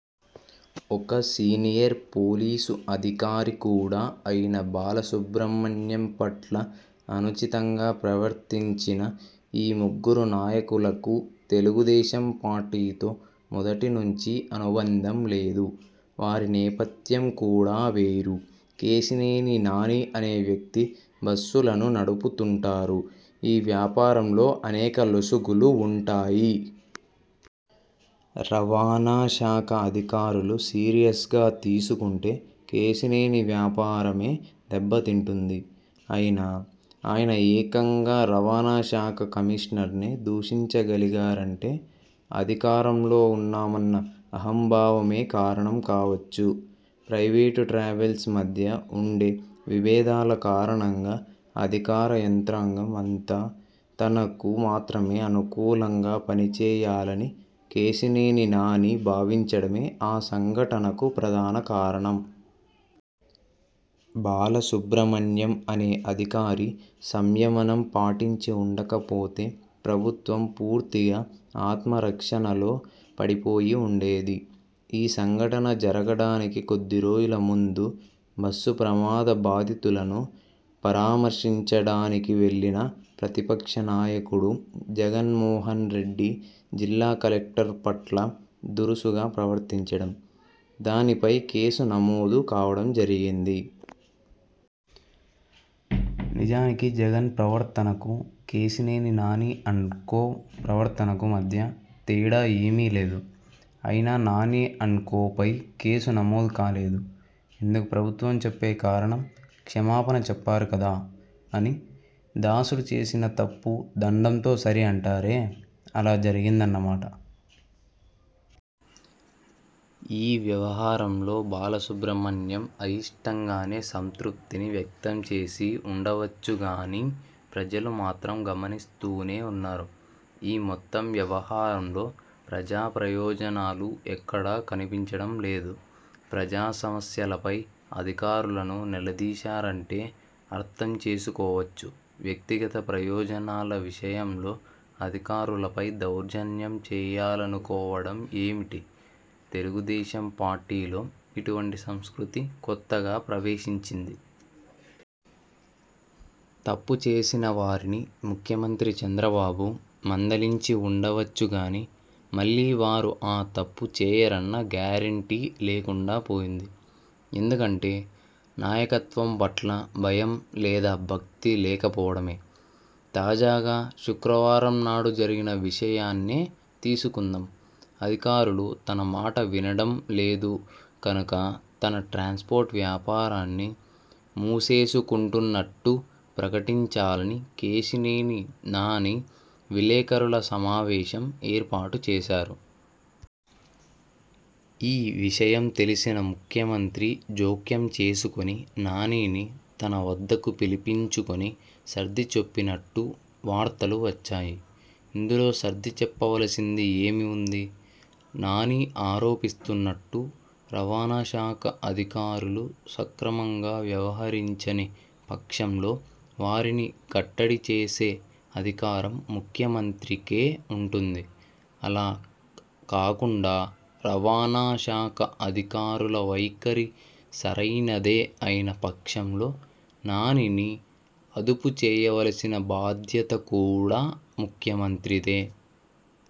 ఒక senior police అధికారి కూడా అయిన బాలసుబ్రహ్మణ్యం పట్ల అనుచితంగా ప్రవర్తించిన ఈ ముగ్గురు నాయకులకు తెలుగుదేశం పార్టీతో మొదటి నుంచి అనుబంధం లేదు. వారి నేపథ్యం కూడా వేరు! కేశినేని నాని అనే వ్యక్తి బస్సులను నడుపుతుంటారు. ఈ వ్యాపారంలో అనేక లొసుగులు ఉంటాయి. రవాణా శాఖ అధికారులు సీరియస్గా తీసుకుంటే కేశినేని వ్యాపారమే దెబ్బతింటుంది. అయినా, ఆయన ఏకంగా రవాణాశాఖ కమిషనర్నే దూషించగలిగారంటే, అధికారంలో ఉన్నామన్న అహంభావమే కారణం కావచ్చు. ప్రైవేటు ట్రావెల్స్ మధ్య ఉండే విభేదాల కారణంగా అధికార యంత్రాంగం అంతా తనకు మాత్రమే అనుకూలంగా పనిచేయాలని కేశినేని నాని భావించడమే ఆ సంఘటనకు ప్రధాన కారణం. బాలసుబ్రహ్మణ్యం అనే అధికారి సంయమనం పాటించి ఉండకపోతే ప్రభుత్వం పూర్తిగా ఆత్మరక్షణలో పడిపోయి ఉండేది. ఈ సంఘటన జరగడానికి కొద్దిరోజుల ముందు బస్సు ప్రమాద బాధితులను పరామర్శించడానికి వెళ్లిన ప్రతిపక్ష నాయకుడు జగన్మోహన్ రెడ్డి జిల్లా కలెక్టర్ పట్ల దురుసుగా ప్రవర్తించడం, దానిపై కేసు నమోదు కావడం జరిగింది. నిజానికి జగన్ ప్రవర్తనకు, కేశినేని నాని అండ్ కో ప్రవర్తనకు మధ్య తేడా ఏమీ లేదు. అయినా నాని అండ్ కోపై కేసు నమోదు కాలేదు. ఇందుకు ప్రభుత్వం చెప్పే కారణం 'క్షమాపణ చెప్పారు కదా! ' అని! దాసుడు చేసిన తప్పు దండంతో సరి అంటారే, అలా జరిగిందన్నమాట! ఈ వ్యవహారంలో బాలసుబ్రహ్మణ్యం అయిష్టంగానే సంతృప్తిని వ్యక్తంచేసి ఉండవచ్చుగానీ ప్రజలు మాత్రం గమనిస్తూనే ఉన్నారు. ఈ మొత్తం వ్యవహారంలో ప్రజాప్రయోజనాలు ఎక్కడా కనిపించడం లేదు. ప్రజాసమస్యలపై అధికారులను నిలదీశారంటే అర్థంచేసుకోవచ్చు. వ్యక్తిగత ప్రయోజనాల విషయంలో అధికారులపై దౌర్జన్యం చేయాలనుకోవడం ఏమిటి? తెలుగుదేశం పార్టీలో ఇటువంటి సంస్కృతి కొత్తగా ప్రవేశించింది. తప్పు చేసిన వారిని ముఖ్యమంత్రి చంద్రబాబు మందలించి ఉండవచ్చుగానీ మళ్లీ వారు ఆ తప్పు చేయరన్న గ్యారంటీ లేకుండా పోయింది. ఎందుకంటే నాయకత్వం పట్ల భయం లేదా భక్తి లేకపోవడమే! తాజాగా శుక్రవారం నాడు జరిగిన విషయాన్నే తీసుకుందాం. అధికారులు తన మాట వినడం లేదు కనుక తన ట్రాన్స్పోర్ట్ వ్యాపారాన్ని మూసేసుకుంటున్నట్టు ప్రకటించాలని కేశినేని నాని విలేకరుల సమావేశం ఏర్పాటు చేశారు. ఈ విషయం తెలిసిన ముఖ్యమంత్రి జోక్యం చేసుకుని నానిని తన వద్దకు పిలిపించుకుని సర్దిచెప్పినట్టు వార్తలు వచ్చాయి. ఇందులో సర్దిచెప్పవలసింది ఏమి ఉంది? నాని ఆరోపిస్తున్నట్టు రవాణా శాఖ అధికారులు సక్రమంగా వ్యవహరించని పక్షంలో వారిని కట్టడిచేసే అధికారం ముఖ్యమంత్రికే ఉంటుంది. అలా కాకుండా రవాణా శాఖ అధికారుల వైఖరి సరైనదే అయిన పక్షంలో నానిని అదుపు చేయవలసిన బాధ్యత కూడా ముఖ్యమంత్రిదే!